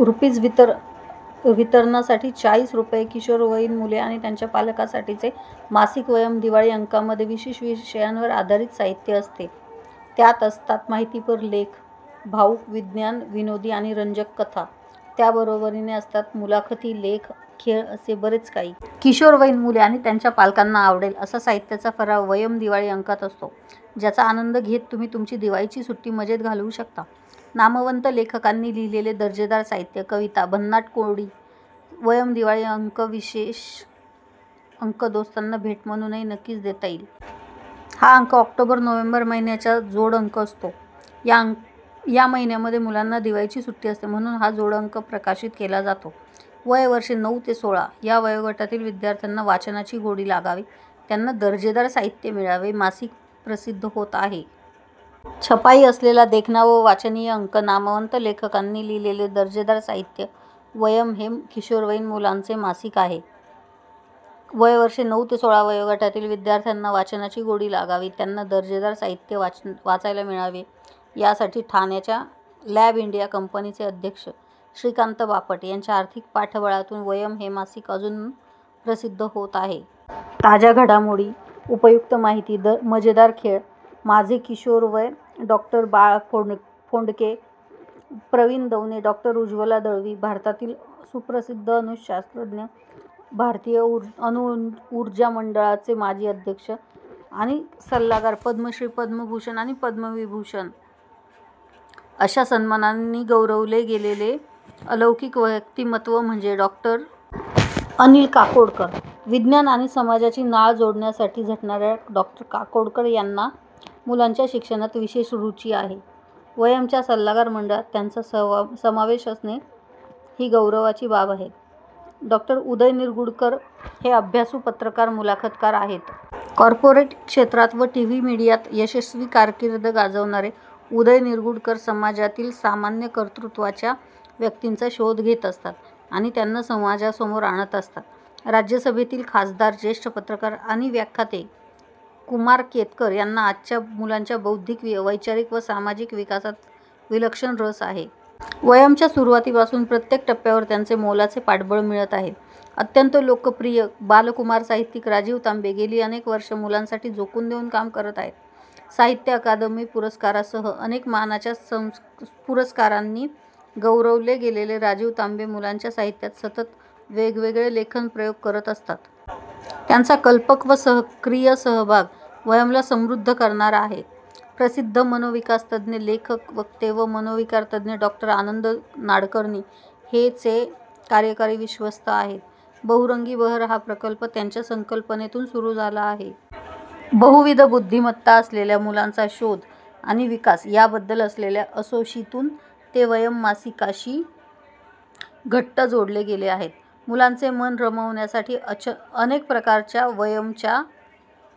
रु. वितरणासाठी चाळीस रु. किशोरवयीन मुले आणि त्यांच्या पालकांसाठीचे मासिक वयम दिवाळी अंकामध्ये विविध विषयांवर आधारित साहित्य असते. त्यात असतात माहितीपर लेख, भावूक, विज्ञान, विनोदी आणि रंजक कथा. त्याबरोबरीने असतात मुलाखती, लेख, खेळ असे बरेच काही. किशोरवयीन मुले आणि त्यांच्या पालकांना आवडेल असा साहित्याचा फराळ वयम दिवाळी अंकात असतो. ज्याचा आनंद घेत तुम्ही तुमची दिवाळीची सुट्टी मजेत घालवू शकता. नामवंत लेखकांनी लिहिलेले दर्जेदार साहित्य, कविता, भन्नाट कोडी, वयम दिवाळी विशेष अंक दोस्तांना भेट म्हणूनही नक्कीच देता येईल. हा अंक ऑक्टोबर-नोव्हेंबर महिन्याचा जोड अंक असतो. या महिन्यामध्ये मुलांना दिवाळीची सुट्टी असते. म्हणून हा जोड अंक प्रकाशित केला जातो. वय वर्षे नऊ ते सोळा या वयोगटातील विद्यार्थ्यांना वाचनाची गोडी लागावी, त्यांना दर्जेदार साहित्य वाचायला मिळावे, मासिक प्रसिद्ध होत आहे. छपाई असलेला देखणा व वाचनीय अंक नामवंत लेखकांनी लिहिलेले दर्जेदार साहित्य वयम हे किशोरवयीन मुलांचे मासिक आहे. वय वर्षे नऊ ते सोळा या वयोगटातील विद्यार्थ्यांना वाचनाची गोडी लागावी, त्यांना दर्जेदार साहित्य वाचायला मिळावे, यासाठी ठाण्याच्या लॅबइंडिया कंपनीचे अध्यक्ष श्रीकांत बापट यांच्या आर्थिक पाठबळातून वयम हे मासिक जून पासून प्रसिद्ध होत आहे. ताज्या घडामोडी, उपयुक्त माहिती मजेदार खेळ माझे किशोरवय डॉ. बाळ फोंडके प्रवीण दवणे डॉ. उज्ज्वला दळवी भारतातील सुप्रसिद्ध अणुशास्त्रज्ञ, भारतीय अणुऊर्जा मंडळाचे माजी अध्यक्ष आणि सल्लागार, पद्मश्री, पद्मभूषण आणि पद्मविभूषण अशा सन्मानांनी गौरवले गेलेले अलौकिक व्यक्तिमत्त्व म्हणजे डॉ. अनिल काकोडकर. विज्ञान आणि समाजाची नाळ जोडण्यासाठी झटणाऱ्या डॉ. काकोडकर यांना मुलांच्या शिक्षणात विशेष रुची आहे. वयम च्या सल्लागार मंडळात त्यांचा समावेश असणे, ही गौरवाची बाब आहे. डॉ. उदय निरगुडकर हे अभ्यासू पत्रकार, मुलाखतकार आहेत. कॉर्पोरेट क्षेत्रात व टीव्ही मिडियात यशस्वी कारकीर्द गाजवणारे उदय निरगुडकर समाजातील असामान्य कर्तृत्वाच्या व्यक्तींचा शोध घेत असतात आणि त्यांना समाजासमोर आणत असतात. राज्यसभेतील खासदार, ज्येष्ठ पत्रकार आणि व्याख्याते कुमार केतकर यांना आजच्या मुलांच्या बौद्धिक, वैचारिक व सामाजिक विकासात विलक्षण रस आहे. वयम् च्या सुरुवातीपासून प्रत्येक टप्प्यावर त्यांचे मोलाचे पाठबळ मिळत आहे. अत्यंत लोकप्रिय बाल-कुमार साहित्यिक राजीव तांबे गेली अनेक वर्षे मुलांसाठी झोकून देऊन काम करत आहेत. साहित्य अकादमी पुरस्कारासह अनेक मानाच्या पुरस्कारांनी गौरवले गेलेले राजीव तांबे मुलांच्या साहित्यात सतत वेगवेगळे लेखन-प्रयोग करत असतात. त्यांचा कल्पक व सक्रीय सहभाग वयम ला समृद्ध करणारा आहे. प्रसिद्ध मनोविकासतज्ज्ञ, लेखक, वक्ते व मनोविकारतज्ज्ञ डॉ. आनंद नाडकर्णी हे चे कार्यकारी विश्वस्त आहेत. बहुरंगी बहर हा प्रकल्प त्यांच्या संकल्पनेतून सुरू झाला आहे. बहुविध बुद्धिमत्ता असलेल्या मुलांचा शोध आणि विकास याबद्दल असलेल्या असोशीतून ते वयम मासिकाशी घट्ट जोडले गेले आहेत. मुलांचे मन रमवण्यासाठी अनेक प्रकारच्या वयम च्या